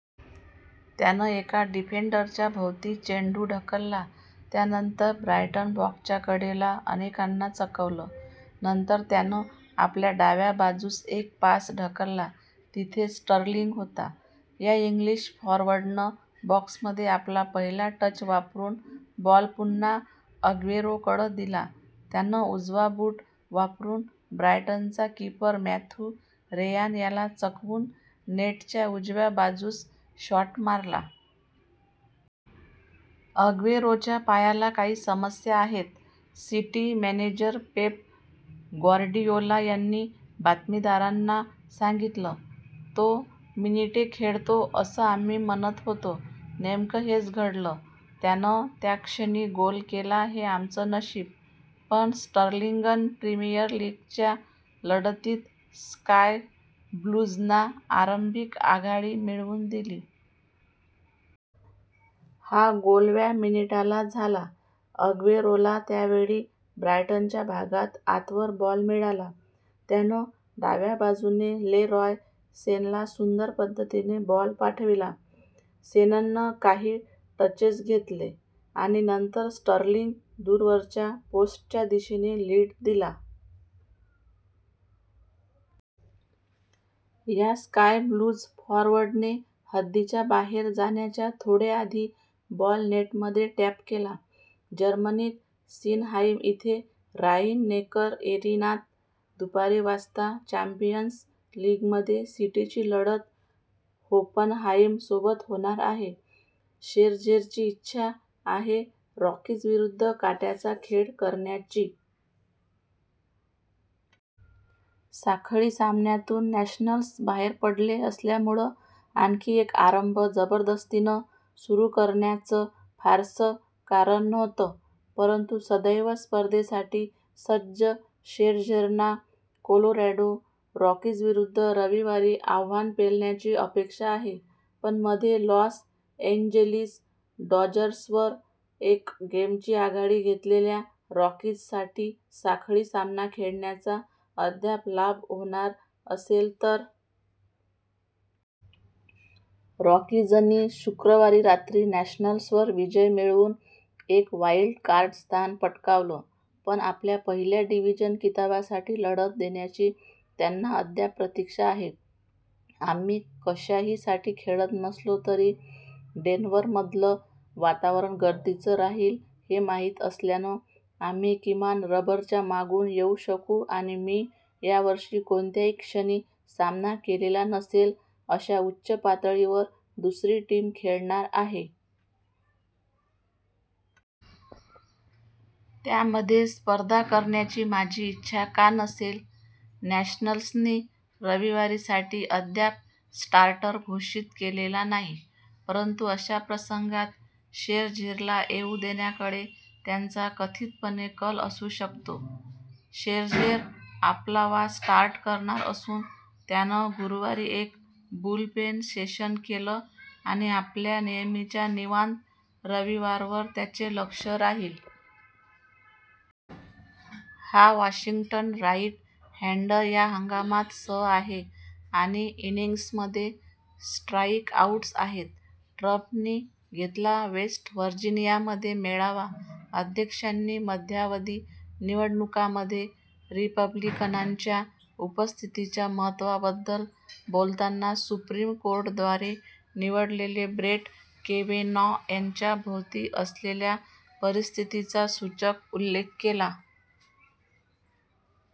त्यानं एका डिफेंडरच्या भोवती चेंडू ढकलला त्यानंतर ब्रायटन बॉक्सच्या कडेला अनेकांना चकवलं. नंतर त्यानं आपल्या डाव्या बाजूस एक पास ढकलला, तिथे स्टर्लिंग होता. या इंग्लिश फॉरवर्डनं बॉक्समध्ये आपला पहिला टच वापरुन बॉल पुन्हा अग्वेरोकडं दिला, त्यानं उजवा बूट वापरुन ब्रायटनचा किपर मॅथ्यू रेयान याला चकवून नेटच्या उजव्या बाजूस शॉट मारला. अग्वेरोच्या पायाला काही समस्या आहेत," सिटी मॅनेजर पेप ग्वार्डियोला यांनी बातमीदारांना सांगितलं. "तो, मिनिटे खेळतो असं आम्ही म्हणत होतो. नेमकं हेच घडलं. त्यानं त्या क्षणी गोल केला हे आमचं नशीब. " पण स्टर्लिंगन प्रीमियर लिगच्या लढतीत स्काय ब्लूजना आरंभिक आघाडी मिळवून दिली. हा गोल व्या मिनिटाला झाला. अग्वेरोला त्यावेळी ब्रायटनच्या भागात आतवर बॉल मिळाला. त्यानं डाव्या बाजूने लेरॉय सेनला सुंदर पद्धतीने बॉल पाठविला. सेननं काही टचेस घेतले आणि नंतर स्टर्लिंग दूरवरच्या पोस्टच्या दिशेने लिड दिला. या स्काय ब्लूज फॉरवर्डने हद्दीच्या बाहेर जाण्याच्या थोडे आधी बॉल नेटमध्ये टॅप केला. जर्मनीत, सिनहाईम इथे ऱ्हाईन-नेकर-एरिनात दुपारी वाजता चँपियन्स लिगमध्ये सिटीची लढत होफनहाईम सोबत होणार आहे. शेरझेरची इच्छा आहे रॉकीज विरुद्ध काट्याचा खेळ करण्याची. साखळी सामन्यातून नॅशनल्स बाहेर पडले असल्यामुळं, आणखी एक आरंभ जबरदस्तीनं सुरु करण्याचं फारसं कारण नव्हतं. परंतु सदैव स्पर्धेसाठी सज्ज शेरझेरना कोलोरॅडो रॉकीजविरुद्ध रविवारी आव्हान पेलण्याची अपेक्षा आहे, पण मध्ये लॉस एंजेलिस डॉजर्सवर एक गेमची आघाडी घेतलेल्या रॉकीजसाठी साखळी सामना खेळण्याचा अद्याप लाभ होणार असेल तर. रॉकीजनी शुक्रवारी रात्री नॅशनल्सवर विजय मिळवून एक वाईल्ड-कार्ड स्थान पटकावलं, पण आपल्या पहिल्या डिवीजन किताबासाठी लढत देण्याची त्यांना अद्याप प्रतीक्षा आहे. "आम्ही कशाहीसाठी खेळत नसलो तरी, डेन्वरमधलं वातावरण गर्दीचं राहील हे माहिती असल्यानं आम्ही किमान रबरच्या मागून येऊ शकू आणि मी यावर्षी कोणत्याही क्षणी सामना केलेला नसेल अशा उच्च पातळीवर दुसरी टीम खेळणार आहे. त्यामध्ये स्पर्धा करण्याची माझी इच्छा का नसेल? " नॅशनल्सनी रविवारीसाठी अद्याप स्टार्टर घोषित केलेला नाही, परंतु अशा प्रसंगात शेरझेरला येऊ देण्याकडे त्यांचा कथितपणे कल असू शकतो. शेरझेर, आपला वा स्टार्ट करणार असून, त्यानं गुरूवारी एक बुलपेन सेशन केलं आणि आपल्या नेहमीच्या निवांत रविवारवर त्याचे लक्ष राहील. हा वॉशिंग्टन राईट-हँडर या हंगामात सह आहे आणि इनिंग्जमध्ये स्ट्राईकआउट्स आहेत. ट्रम्पनी घेतला वेस्ट वर्जिनियामध्ये मेळावा अध्यक्षांनी मध्यावधी निवडणुकांमध्ये रिपब्लिकनांच्या उपस्थितीच्या महत्वाबद्दल बोलताना सुप्रीम कोर्टद्वारे निवडलेले ब्रेट केवेनॉ यांच्याभोवती असलेल्या परिस्थितीचा सूचक उल्लेख केला.